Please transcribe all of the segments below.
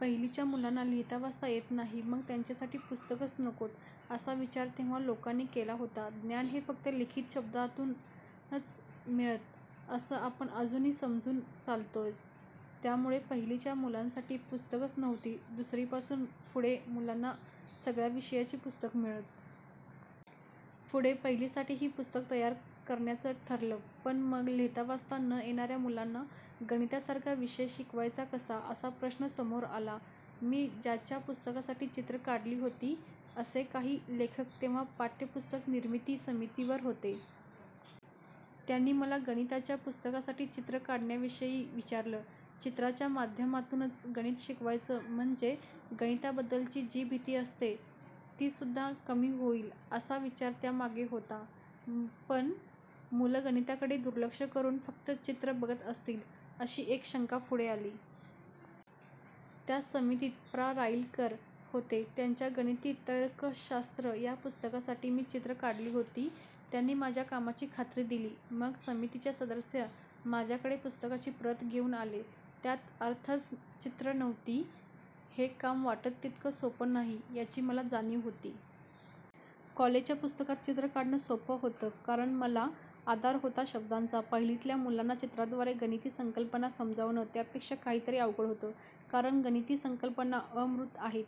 पहिलीच्या मुलांना लिहितावाचता येत नाही, मग त्यांच्यासाठी पुस्तकंच नकोत, असा विचार तेव्हा लोकांनी केला होता. ज्ञान हे फक्त लिखित शब्दांतूनच मिळतं, असं आपण अजूनही समजून चालतोच. त्यामुळे पहिलीच्या मुलांसाठी पुस्तकंच नव्हती. दुसरीपासून पुढे मुलांना सगळ्या विषयांची पुस्तकं मिळत. पुढे पहिलीसाठीही पुस्तकं तयार करण्याचं ठरलं, पण मग लिहितावाचता न येणार्या मुलांना गणितासारखा विषय शिकवायचा कसा, असा प्रश्न समोर आला. मी ज्यांच्या पुस्तकांसाठी चित्रं काढली होती, असे काही लेखक तेव्हा पाठ्यपुस्तक निर्मिती समितीवर होते. त्यांनी मला गणिताच्या पुस्तकांसाठी चित्रं काढण्याविषयी विचारलं. चित्रांच्या माध्यमातूनच गणित शिकवायचं, म्हणजे गणिताबद्दलची जी भीती असते, तीसुद्धा कमी होईल, असा विचार त्या मागे होता. पण मुलं गणिताकडे दुर्लक्ष करून फक्त चित्रं बघत बसतील, अशी एक शंका पुढे आली. त्या समितीत प्रा. राईलकर होते. त्यांच्या 'गणिती तर्कशास्त्र' या पुस्तकासाठी मी चित्रं काढली होती. त्यांनी माझ्या कामाची खात्री दिली. मग समितीचे सदस्य माझ्याकडे पुस्तकाची प्रत घेऊन आले. त्यात अर्थातच चित्रं नव्हती. हे काम वाटतं तितकं सोपं नाही, याची मला जाणीव होती. कॉलेजच्या पुस्तकात चित्रं काढणं सोपं होतं, कारण मला आधार होता शब्दांचा. पहिलीतल्या मुलांना चित्रांद्वारे गणिती संकल्पना समजावणं त्यापेक्षा कितीतरी अवघड होतं. कारण गणिती संकल्पना अमूर्त आहेत.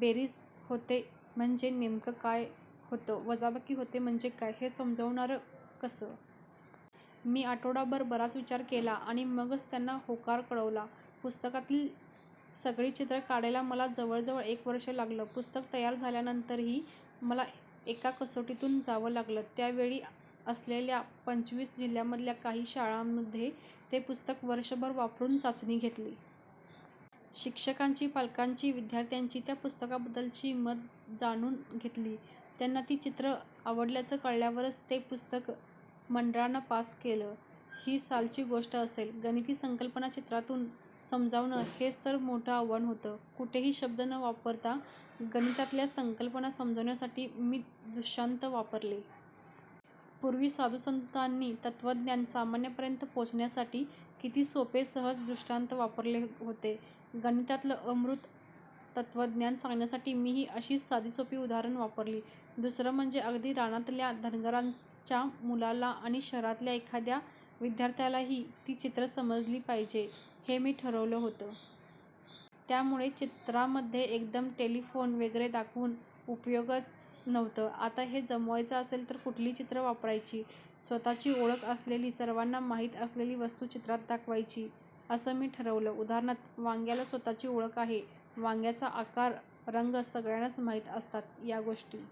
बेरीज होते म्हणजे नेमकं काय होतं, वजाबाकी होते म्हणजे काय, हे समजवणार कसं? मी आठवडाभर बराच विचार केला, आणि मगच त्यांना होकार कळवला. पुस्तकातली सगळी चित्रं काढायला मला जवळजवळ एक वर्षं लागलं. पुस्तक तयार झाल्यानंतरही मला एका कसोटीतून जावं लागलं. त्या वेळी असलेल्या पंचवीस जिल्ह्यांमधल्या काही शाळांमध्ये ते पुस्तक वर्षभर वापरून चाचणी घेतली. शिक्षकांची, पालकांची, विद्यार्थ्यांची त्या पुस्तकाबद्दलची मतं जाणून घेतली. त्यांना ती चित्रं आवडल्याचं कळल्यावरच ते पुस्तक मंडळानं पास केलं. ही सालची गोष्ट असेल. गणिती संकल्पना चित्रांतून समजावणं, हेच तर मोठं आव्हान होतं. कुठेही शब्द न वापरता गणितातल्या संकल्पना समजावण्यासाठी मी दृष्टांत वापरले. पूर्वी साधुसंतांनी तत्त्वज्ञान सामान्यांपर्यंत पोहोचवण्यासाठी किती सोपे, सहज दृष्टांत वापरले होते. गणितातलं अमूर्त तत्त्वज्ञान सांगण्यासाठी मीही अशीच साधीसोपी उदाहरणं वापरली. दुसरं म्हणजे अगदी रानातल्या धनगराच्या मुलाला आणि शहरातल्या एखाद्या विद्यार्थ्यालाही ती चित्रं समजली पाहिजेत, हे मी ठरवलं होतं. त्यामुळे चित्रांमध्ये एकदम टेलिफोन वगैरे दाखवून उपयोगाचं नव्हतं. आता हे जमवायचं असेल तर कुठली चित्रं वापरायची? स्वत:ची ओळख असलेली, सर्वांना माहीत असलेली वस्तू चित्रांत दाखवायची, असं मी ठरवलं. उदाहरणार्थ, वांग्याला स्वत:ची ओळख आहे. वांग्याचा आकार, रंग सगळ्यांनाच माहीत असतात. या गोष्टी